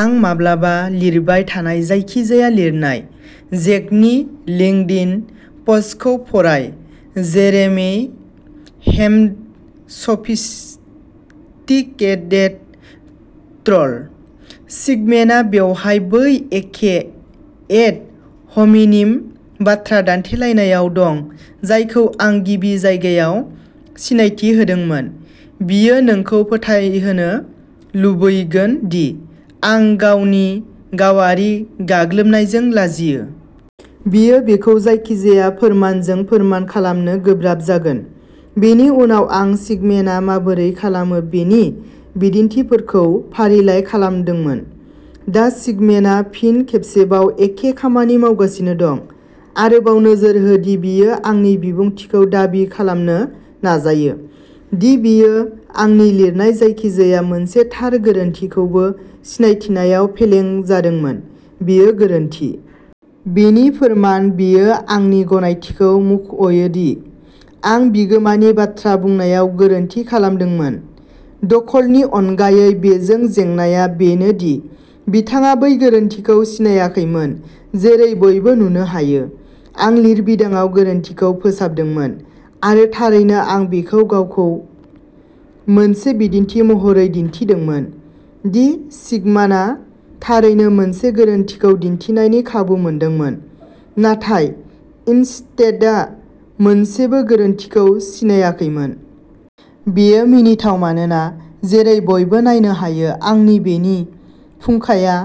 आं माब्लाबा लिरबाय थानाय जायखिजाया लिरनाय। जेकनि लिंकडिन पस्टखौ फराय जेरेमि हेमन्ड सफिस्टिकेटेड ट्रल। सिगमेनआ बेवहाय बै एखे एड ह'मिनिम बाथ्रा दान्थेलायनायाव दं जायखौ आं गिबि जायगायाव सिनायथि होदोंमोन। बियो नोंखौ फोथायहोनो लुबैगोन दि आं गावनि गावारि गाग्लोबनायजों लाजियो। बियो बेखौ जायखिजाया फोरमानजों फोरमान खालामनो गोब्राब जागोन। बेनि उनाव आं सिगमेनआ माबोरै खालामो बेनि बिदिन्थिफोरखौ फारिलाइ खालामदोंमोन। दा सिगमेनआ फिन खेबसेबाव एखे खामानि मावगासिनो दं। आरोबाव नोजोर हो दि बियो आंनि बिबुंथिखौ दाबि खालामनो नाजायो दि बियो आंनि लिरनाय जायखिजाया मोनसे थार गोरोन्थिखौबो सिनायथिनायाव फेलें जादोंमोन, बेयो गोरोन्थि। बिनि फोरमान बेयो आंनि गनायथिखौ मुंख'यो दि आं बिगोमानि बाथ्रा बुंनायाव गोरोन्थि खालामदोंमोन, दखलनि अनगायै बेजों जेंनाया बेनो दि बिथाङा बै गोरोन्थिखौ सिनायाखैमोन, जेरै बयबो नुनो हायो। आं लिरबिदांआव गोरोन्थिखौ फोसाबदोंमोन, आरो थारैनो आं बेखौ गावखौ मोनसे बिदिन्थि महरै दिन्थिदोंमोन दि सिगमानआ थारैनो मोनसे गोरोन्थिखौ दिन्थिनायनि खाबु मोनदोंमोन, नाथाय इनस्टेडआ मोनसेबो गोरोन्थिखौ सिनायाखैमोन। बेयो मिनिथाव मानोना, जेरै बयबो नायनो हायो, आंनि बेनि फुंखाया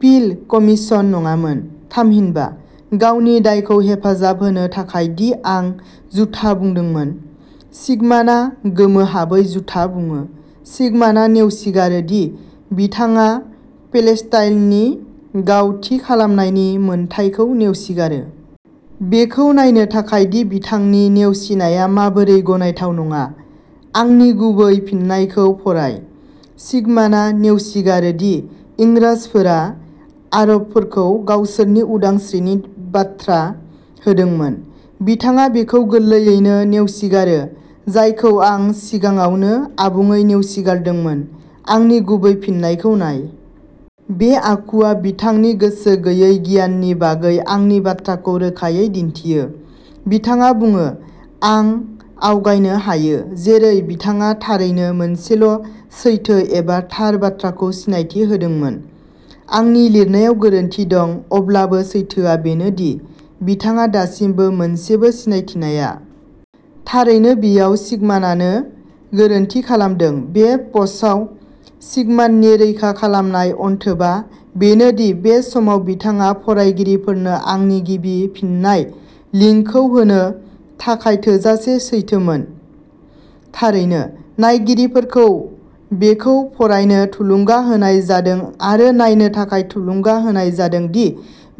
पिल कमिशन नङामोन। थामहिनबा, गावनि दायखौ हेफाजाब होनो थाखाय दि आं जुथा बुंदोंमोन, सिगमानआ गोमोहाबै जुथा बुङो। सिगमानआ नेवसिगारो दि बिथाङा पेलेस्टाइननि गाव थि खालामनायनि मोनथायखौ नेवसिगारो। बेखौ नायनो थाखाय दि बिथांनि नेवसिनाया माबोरै गनायथाव नङा, आंनि गुबै फिननायखौ फराय। सिगमानआ नेवसिगारो दि इंराजफोरा आरबफोरखौ गावसोरनि उदांस्रिनि बाथ्रा होदोंमोन। बिथाङा बेखौ गोरलैयैनो नेवसिगारो जायखौ आं सिगाङावनो आबुङै नेवसिगारदोंमोन। आंनि गुबै फिननायखौ नाय। बे आखुआ बिथांनि गोसो गैयै गियाननि बागै आंनि बाथ्राखौ रोखायै दिन्थियो। बिथाङा बुङो "आं आवगायनो हायो" जेरै बिथाङा थारैनो मोनसेल' सैथो एबा थार बाथ्राखौ सिनायथि होदोंमोन। आंनि लिरनायाव गोरोन्थि दं, अब्लाबो सैथोआ बेनो दि बिथाङा दासिमबो मोनसेबो सिनायथिनाया। थारैनो बेयाव सिगमानानो गोरोन्थि खालामदों। बे पस्टआव सिगमाननि रैखा खालामनाय अनथोबा बेनोदि बे समाव बिथाङा फरायगिरिफोरनो आंनि गिबि फिननाय लिंकखौ होनो थाखाय थोजासे सैथोमोन। थारैनो, नायगिरिफोरखौ बेखौ फरायनो थुलुंगा होनाय जादों आरो नायनो थाखाय थुलुंगा होनाय जादों दि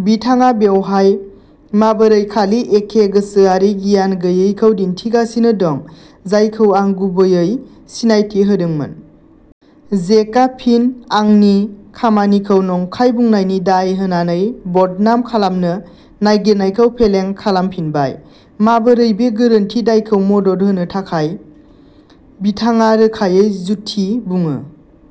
बिथाङा बेवहाय माबोरै खालि एखे गोसोआरि गियान गैयैखौ दिन्थिगासिनो दं जायखौ आं गुबैयै सिनायथि होदोंमोन। जेकआ फिन आंनि खामानिखौ नंखाय बुंनायनि दाय होनानै बदनाम खालामनो नागिरनायखौ फेलें खालामफिनबाय। माबोरै बे गोरोन्थि दायखौ मदद होनो थाखाय, बिथाङा रोखायै जुथि बुङो।